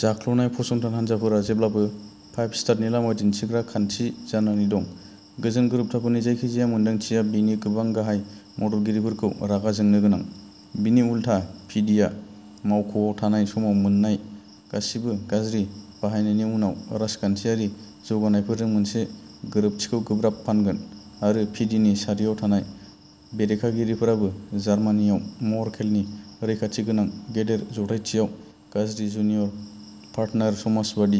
जाख्ल'नाय फसंथाय हानजाफोरा जेब्लाबो फाइभ स्टारनि लामा दिन्थिग्रा खान्थि जानानै दं। गोजोन गोरोबथाफोरनि जायखिजाया मोनदांथिया बेनि गोबां गाहाय मददगिरिफोरखौ रागा जोंनो गोनां। बिनि उलथा पिडिआ मावख'आव थानाय समाव मोन्नाय गासिबो गाज्रि बाहायनायनि उनाव राजखान्थियारि जौगानायफोरजों मोनसे गोरोबथिखौ गोब्राब फानगोन आरो पिडिनि सारियाव थानाय बेरेखागिरिफोराबो जार्मानियाव मर्केलनि रैखाथि गोनां गेदेर जथायथियाव गाज्रि जुनियर पार्टनार समाजबादि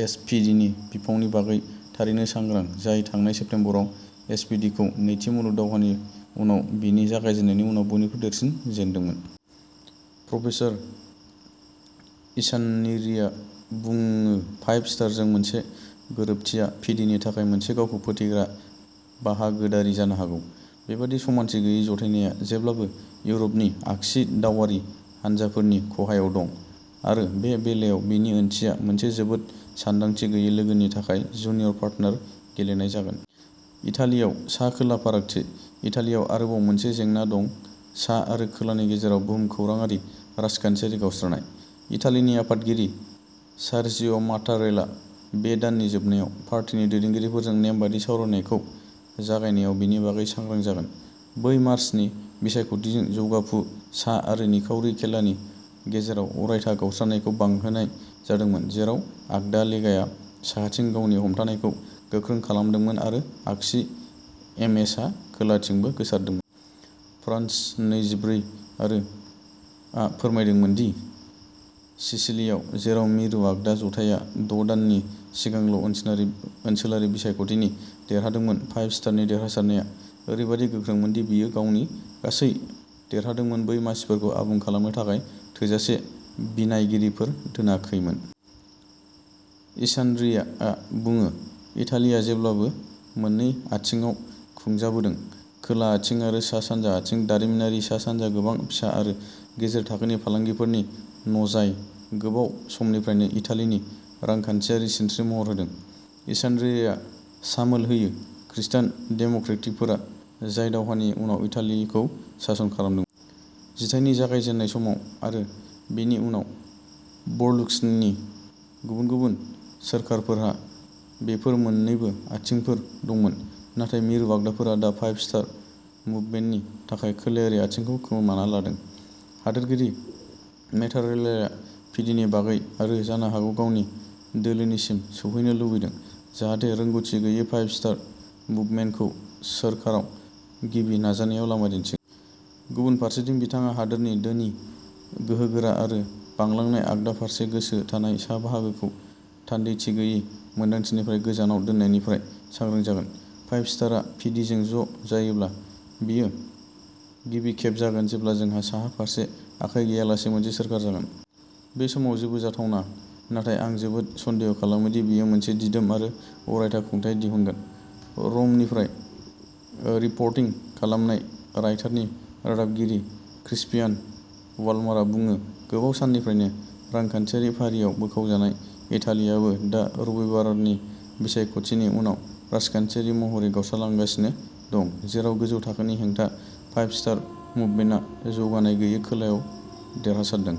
एसपिडिनि बिफावनि बागै थारैनो सांग्रां जाय थांनाय सेप्तेम्बराव एसपिडिखौ नैथि मुलुग दावहानि उनाव बेनि जागायजेन्नायनि उनाव बयनिख्रुइ देरसिन जेनदोंमोन। प्रफेसार इसार्नियाया बुङो फाइभ स्टारजों मोनसे गोरोबथिया पिडिनि थाखाय मोनसे गावखौ फोथैग्रा बाहागोदारि जानो हागौ। बेबादि समानथि गैयै जथायनाया जेब्लाबो इउरपनि आगसि दावआरि हानजाफोरनि खहायाव दं आरो बे बेलायाव बेनि ओंथिया मोनसे जोबोद सानदांथि गैयै लोगोनि थाखाय जुनियर पार्टनार गेलेनाय जागोन। इटालियाव सा खोला फारागथि। इटालियाव आरोबाव मोनसे जेंना दं सा आरो खोलानि गेजेराव भुमखौराङारि राजखान्थियारि गावस्रानाय। इटालिनि आफादगिरि सार्जिअ'मातारेल्ला बे दाननि जोबनायाव पार्टीनि दैदेनगिरिफोरजों नेमबादि सावरायनायखौ जागायनायाव बेनि बागै सांग्रां जागोन। ब्रै मार्चनि बिसायख'थिजों जौगाफु सा आरो निखावरि खोलानि गेजेराव अरायथा गावस्रानायखौ बांहोनाय जादोंमोन जेराव आगदा लेगाया साहाथिं गावनि हमथानायखौ गोख्रों खालामदोंमोन आरो आगसि एम एसआ खोलाथिंबो गोसारदोंमोन। फ्रान्स नैजिब्रै आरो आ फोरमायदोंमोन दि सिसिलियाव जेराव मिरु आगदा जथाइया द' दाननि सिगांल ओनसोलरि ओनसोलारि बिसायख'थि देरहादोंमोन फाइभ स्टारनि देरहासारनाया ओरैबायदि गोख्रोंमोन दि बियो गावनि गासै देरहादोंमोन बै मासिफोरखौ आबुं खालामनो थाखाय थोजासे बिनायगिरिफोर दोनाखैमोन। इसार्नियाया बुङो इटालिया जेब्लाबो मोन्नै आथिंआव खुंजाबोदों खोला आथिं आरो सा सानजा आथिं दारिमिनारि सा सानजा गोबां फिसा आरो गेजेर थाखोनि फालांगिफोरनि न'जाय गोबाव समनिफ्रायनो इटालिनि रांखान्थिनि सिनस्रि महर होदों। इसार्नियाया सामोल होयो खृस्टान डेम'क्रेटफोरा जाय दावहानि उनाव इटालिखौ सासन खालामदोंमोन। जिथाइनि जागायजेन्नाय समाव आरो बेनि उनाव बर्लुस्कनिनि गुबुन गुबुन सोरखारफोरहा बेफोर मोन्नैबो आथिंफोर दंमोन नाथाय मिरु आगदाफोरा दा फाइभ स्टार मुभमेन्टनि थाखाय खोलायारि आथिंखौ खोमाना लादों। हादोरगिरि मेटारेल्लाया पिडिनि बाहागो आरो जानो हागौ गावनि दोलोनिसिम सौहैनो लुबैदों जाहाथे रोंगौथि गैयै फाइभ स्टार मुभमेन्टखौ सोरखाराव गिबि नाजानायाव लामा दिन्थिगोन। गुबुन फारसेथिं बिथाङा हादोरनि धोनि गोहोगोरा आरो बांलांनाय आगदा फारसे गोसो थानाय सा बाहागोखौ थान्दैथि गैयै मोन्दांथिनिफ्राय गोजानाव दोननायनिफ्राय सांग्रां जागोन। फाइभ स्टारआ पिदिजों ज' जायोब्ला बेयो गिबि खेब जागोन जेब्ला जोंहा साहा फारसे आखाय गैयालासे मोनसे सोरखार जागोन। बे समाव जेबो जाथावना। नाथाय आं जोबोद सन्देह खालामो दि बेयो मोनसे दिदोम आरो अरायथा खुंथाय दिहुनगोन। र'मनिफ्राय रिपर्टिं खालामनाय रायटारनि रादाबगिरि क्रिस्पियान बाल्मारआ बुङो गोबाव समनिफ्रायनो रांखान्थियारि फारियाव बोखावजानाय इटालीआबो दा रबिबारनि बिसायख'थिनि उनाव राजखान्थियारि महरै गावस्रालांगासिनो दं जेराव गोजौ थाखोनि हेंथा फाइभ स्टार मुभमेन्टआ जौगानाय गैयै खोलायाव देरहासारदों।